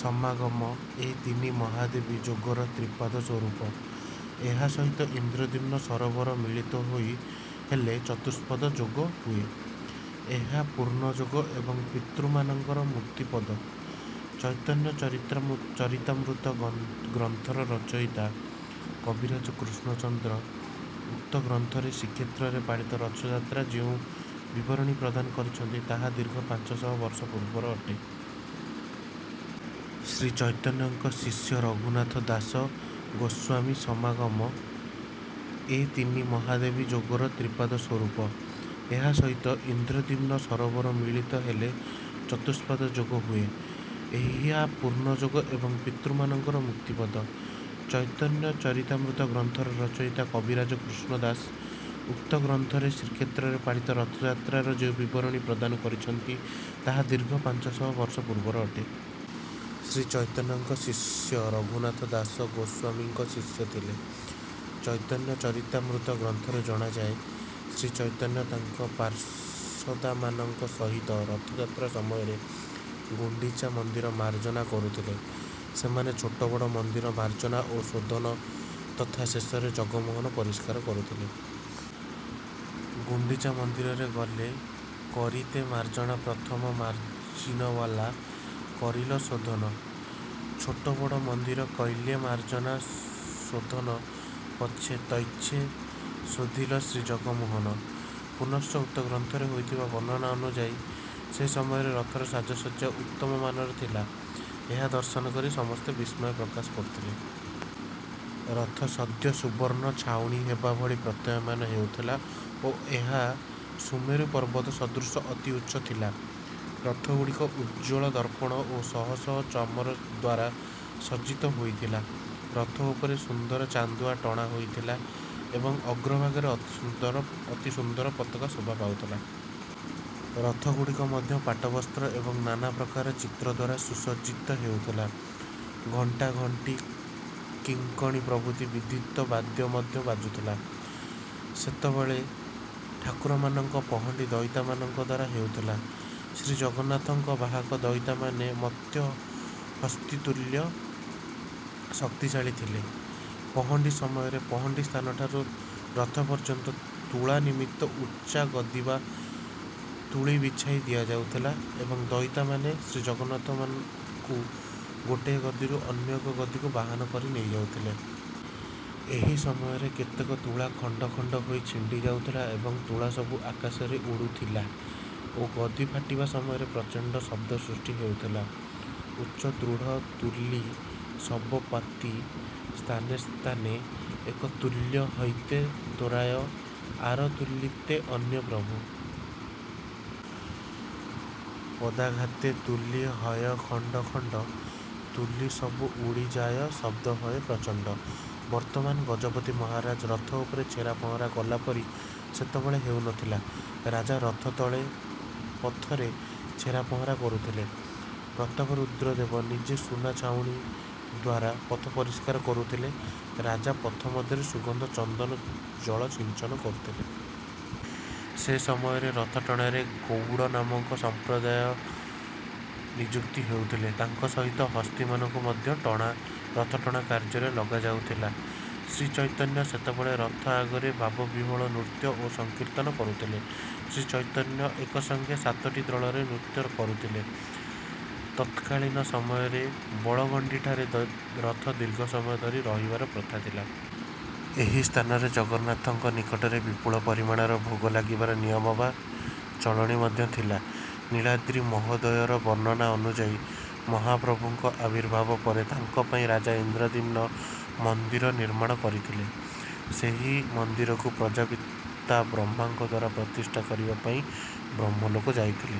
ସମାଗମ ଏ ତିନି ମହାବେଦୀ ଯୋଗର ତ୍ରିପାଦ ସ୍ୱରୂପ। ଏହା ସହିତ ଇନ୍ଦ୍ରଦ୍ୟୁମ୍ନ ସରୋବର ମିଳିତ ହେଲେ ଚତୁସ୍ପାଦ ଯୋଗ ହୁଏ। ଏହା ପୂର୍ଣ୍ଣଯୋଗ ଏବଂ ପିତୃମାନଙ୍କର ମୁକ୍ତିପଦ। ଚୈତନ୍ୟ ଚରିତାମୃତ ଗ୍ରନ୍ଥର ରଚୟିତା କବିରାଜ କୃଷ୍ଣଦାସ ଉକ୍ତ ଗ୍ରନ୍ଥରେ ଶ୍ରୀକ୍ଷେତ୍ରରେ ପାଳିତ ରଥଯାତ୍ରାର ଯେଉଁ ବିବରଣୀ ପ୍ରଦାନ କରିଛନ୍ତି, ତାହା ଦୀର୍ଘ ପାଞ୍ଚ ଶହ ବର୍ଷ ପୂର୍ବର ଅଟେ। ସେ ଚୈତନ୍ୟଙ୍କ ଶିଷ୍ୟ ରଘୁନାଥ ଦାସ ଗୋସ୍ୱାମୀସମାଗମ ଏ ତିନି ମହାବେଦୀ ଯୋଗର ତ୍ରିପାଦ ସ୍ୱରୂପ। ଏହା ସହିତ ଇନ୍ଦ୍ରଦ୍ୟୁମ୍ନ ସରୋବର ମିଳିତ ହେଲେ ଚତୁସ୍ପାଦ ଯୋଗ ହୁଏ। ଏହା ପୂର୍ଣ୍ଣଯୋଗ ଏବଂ ପିତୃମାନଙ୍କର ମୁକ୍ତିପଦ। ଚୈତନ୍ୟ ଚରିତାମୃତ ଗ୍ରନ୍ଥର ରଚୟିତା କବିରାଜ କୃଷ୍ଣଦାସ ଉକ୍ତ ଗ୍ରନ୍ଥରେ ଶ୍ରୀକ୍ଷେତ୍ରରେ ପାଳିତ ରଥଯାତ୍ରାର ଯେଉଁ ବିବରଣୀ ପ୍ରଦାନ କରିଛନ୍ତି, ତାହା ଦୀର୍ଘ ପାଞ୍ଚ ଶହ ବର୍ଷ ପୂର୍ବର ଅଟେ। ସେ ଚୈତନ୍ୟଙ୍କ ଶିଷ୍ୟ ରଘୁନାଥ ଦାସ ଗୋସ୍ୱାମୀଙ୍କ ଶିଷ୍ୟ ଥିଲେ। ଚୈତନ୍ୟ ଚରିତାମୃତ ଗ୍ରନ୍ଥରୁ ଜଣାଯାଏ, ଶ୍ରୀଚୈତନ୍ୟ ତାଙ୍କ ପାର୍ଷଦମାନଙ୍କ ସହିତ ରଥଯାତ୍ରା ସମୟରେ ଗୁଣ୍ଡିଚା ମନ୍ଦିର ମାର୍ଜନା କରୁଥିଲେ। ସେମାନେ ଛୋଟ ବଡ଼ ମନ୍ଦିର ମାର୍ଜନା ଓ ଶୋଧନ ତଥା ଶେଷରେ ଜଗମୋହନ ପରିଷ୍କାର କରୁଥିଲେ। ଗୁଣ୍ଡିଚାମନ୍ଦିରରେ ଗେଲ କରିତେ ମାର୍ଜନା ପ୍ରଥମେ ମାର୍ଜନୀ ଲୱା କରିଲ ଶୋଧନ। ଛୋଟ ବଡ଼ ମନ୍ଦିର କୈଲ ମାର୍ଜନା ଶୋଧନ। ପାଛେ ତୈଛେ ଶୋଧିଲ ଶ୍ରୀଜଗମୋହନ। ପୁନଶ୍ଚ ଉକ୍ତ ଗ୍ରନ୍ଥରେ ହୋଇଥିବା ବର୍ଣ୍ଣନା ଅନୁଯାୟୀ, ସେ ସମୟରେ ରଥର ସାଜସଜ୍ଜା ଉତ୍ତମମାନର ଥିଲା। ଏହା ଦର୍ଶନ କରି ସମସ୍ତେ ବିସ୍ମୟ ପ୍ରକାଶ କରୁଥିଲେ। ରଥ ସଦ୍ୟ ସୁବର୍ଣ୍ଣ ଛାଉଣୀ ହେବା ଭଳି ପ୍ରତୀୟମାନ ହେଉଥିଲା ଓ ଏହା ସୁମେରୁ ପର୍ବତ ସଦୃଶ ଅତି ଉଚ୍ଚ ଥିଲା। ରଥଗୁଡ଼ିକ ଉଜ୍ଜ୍ୱଳ ଦର୍ପଣ ଓ ଶହ ଶହ ଚାମର ଦ୍ୱାରା ସଜ୍ଜିତ ହେଉଥିଲା। ରଥ ଉପରେ ସୁନ୍ଦର ଚାନ୍ଦୁଆ ଟଣା ହେଉଥିଲା ଏବଂ ଅଗ୍ରଭାଗରେ ଅତି ସୁନ୍ଦର ପତାକା ଶୋଭା ପାଉଥିଲା। ରଥଗୁଡ଼ିକ ମଧ୍ୟ ପାଟବସ୍ତ୍ର ଏବଂ ନାନା ପ୍ରକାର ଚିତ୍ର ଦ୍ୱାରା ସୁସଜ୍ଜିତ ହେଉଥିଲା। ଘଣ୍ଟା, ଘଣ୍ଟି, କିଙ୍କିଣୀ ପ୍ରଭୃତି ବିବିଧ ବାଦ୍ୟ ମଧ୍ୟ ବାଜୁଥିଲା। ସେତେବେଳେ ଠାକୁରମାନଙ୍କ ପହଣ୍ଡି ଦଇତାମାନଙ୍କ ଦ୍ୱାରା ହେଉଥିଲା। ଶ୍ରୀଜଗନ୍ନାଥଙ୍କ ବାହକ ଦଇତାମାନେ ମତ୍ତହସ୍ତୀ ତୁଲ୍ୟ ଶକ୍ତିଶାଳୀ ଥିଲେ। ପହଣ୍ଡି ସମୟରେ ପହଣ୍ଡି ସ୍ଥାନଠାରୁ ରଥ ପର୍ଯ୍ୟନ୍ତ ତୁଳା ନିର୍ମିତ ଉଚ୍ଚା ଗଦି ବା ତୁଳୀ ବିଛାଇ ଦିଆଯାଉଥିଲା ଏବଂ ଦଇତାମାନେ ଶ୍ରୀଜଗନ୍ନାଥଙ୍କୁ ଗୋଟିଏ ଗଦିରୁ ଅନ୍ୟ ଏକ ଗଦିକୁ ବହନ କରି ନେଇଯାଉଥିଲେ। ଏହି ସମୟରେ କେତେକ ତୁଳା ଖଣ୍ଡ ଖଣ୍ଡ ହୋଇ ଛିଡ଼ି ଯାଉଥିଲା ଏବଂ ତୁଳା ସବୁ ଆକାଶରେ ଉଡ଼ୁଥିଲା ଓ ଗଦି ଫାଟିବା ସମୟରେ ପ୍ରଚଣ୍ଡ ଶବ୍ଦ ସୃଷ୍ଟି ହେଉଥିଲା। ଉଚ୍ଚ ଦୃଢ଼ ତୁଲୀ ସବ ପାତି ସ୍ଥାନେସ୍ଥାନେ। ଏକ ତୁଲୀ ହୈତେ ତ୍ୱରାୟ ଆର ତୁଲୀତେ ଆନେ। ପ୍ରଭୁ ପଦାଘାତେ ତୁଲୀ ହୟ ଖଣ୍ଡ ଖଣ୍ଡ। ତୁଲୀ ସବ ଉଡ଼ି ଯାୟ ଶବ୍ଦ ହୟ ପ୍ରଚଣ୍ଡ। ବର୍ତ୍ତମାନ ଗଜପତି ମହାରାଜ ରଥ ଉପରେ ଛେରାପହଁରା କଲା ପରି ସେତେବେଳେ ହେଉନଥିଲା। ରାଜା ରଥ ତଳେ ପଥରେ ଛେରାପହଁରା କରୁଥିଲେ। ପ୍ରତାପରୁଦ୍ର ଦେବ ନିଜେ ସୁନା ଛାଉଣୀ ଦ୍ୱାରା ପଥ ପରିଷ୍କାର କରୁଥିଲେ, ରାଜା ପଥ ମଧ୍ୟରେ ସୁଗନ୍ଧି ଚନ୍ଦନ ଜଳ ସିଞ୍ଚନ କରୁଥିଲେ। ସେ ସମୟରେ ରଥଟଣାରେ ଗୌଡ଼ ନାମକ ସମ୍ପ୍ରଦାୟ ନିଯୁକ୍ତ ହେଉଥିଲେ। ତାଙ୍କ ସହିତ ହସ୍ତୀମାନଙ୍କୁ ମଧ୍ୟ ରଥଟଣା କାର୍ଯ୍ୟରେ ଲଗାଯାଉଥିଲା ଶ୍ରୀଚୈତନ୍ୟ ସେତେବେଳେ ରଥ ଆଗରେ ଭାବବିହ୍ୱଳିତ ନୃତ୍ୟ ଓ ସଂକୀର୍ତ୍ତନ କରୁଥିଲେ। ଶ୍ରୀଚୈତନ୍ୟ ଏକସଙ୍ଗେ ସାତଟି ଦଳରେ ନୃତ୍ୟ କରୁଥିଲେ। ତତ୍କାଳୀନ ସମୟରେ ବଳଗଣ୍ଡିଠାରେ ରଥ ଦୀର୍ଘ ସମୟ ରହିବାର ପ୍ରଥା ଥିଲା। ସେହି ସ୍ଥାନରେ ଜଗନ୍ନାଥଙ୍କ ନିକଟରେ ବିପୁଳ ପରିମାଣର ଭୋଗ ଲାଗିବାର ନିୟମ ବା ଚଳଣି ମଧ୍ୟ ଥିଲା। ନୀଳାଦ୍ରି ମହୋଦୟର ବର୍ଣ୍ଣନା ଅନୁଯାୟୀ ମହାପ୍ରଭୁଙ୍କ ଆବିର୍ଭାବ ପରେ ତାଙ୍କ ପାଇଁ ରାଜା ଇନ୍ଦ୍ରଦ୍ୟୁମ୍ନ ମନ୍ଦିର ନିର୍ମାଣ କରିଥିଲେ। ସେହି ମନ୍ଦିରକୁ ପ୍ରଜାପିତା ବ୍ରହ୍ମାଙ୍କ ଦ୍ୱାରା ପ୍ରତିଷ୍ଠା କରିବା ପାଇଁ ବ୍ରହ୍ମଲୋକ ଯାଇଥିଲେ।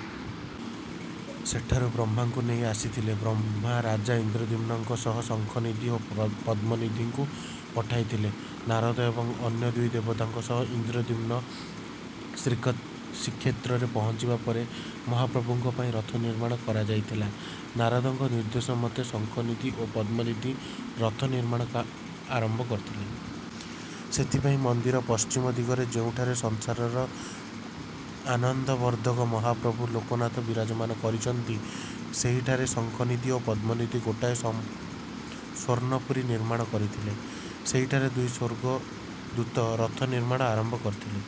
ସେଠାରୁ ବ୍ରହ୍ମାଙ୍କୁ ନେଇ ଆସିଥିଲେ। ବ୍ରହ୍ମା ରାଜା ଇନ୍ଦ୍ରଦ୍ୟୁମ୍ନଙ୍କ ସହ ଶଙ୍ଖନିଧି ଓ ପଦ୍ମନିଧିଙ୍କୁ ପଠାଇଥିଲେ। ନାରଦ ଏବଂ ଅନ୍ୟ ଦୁଇ ଦେବଦୂତଙ୍କ ସହ ଇନ୍ଦ୍ରଦ୍ୟୁମ୍ନ ଶ୍ରୀକ୍ଷେତ୍ରରେ ପହଞ୍ଚିବା ପରେ ମହାପ୍ରଭୁଙ୍କ ପାଇଁ ରଥ ନିର୍ମାଣ କରାଯାଇଥିଲା। ନାରଦଙ୍କ ନିର୍ଦ୍ଦେଶ ମତେ ଶଙ୍ଖନିଧି ଓ ପଦ୍ମନିଧି ରଥ ନିର୍ମାଣ ଆରମ୍ଭ କରିଥିଲେ। ସେଥିପାଇଁ ମନ୍ଦିର ପଶ୍ଚିମ ଦିଗରେ, ଯେଉଁଠି ସଂସାରର ଆନନ୍ଦବର୍ଦ୍ଧକ ମହାପ୍ରଭୁ ଲୋକନାଥ ବିରାଜମାନ କରିଛନ୍ତି, ସେଠାରେ ଶଙ୍ଖନିଧି ଓ ପଦ୍ମନିଧି ଗୋଟିଏ ସ୍ୱର୍ଣ୍ଣପୁରୀ ନିର୍ମାଣ କରିଥିଲେ। ସେହିଠାରେ ଦୁଇ ସ୍ୱର୍ଗଦୂତ ରଥ ନିର୍ମାଣ ଆରମ୍ଭ କରିଥିଲେ।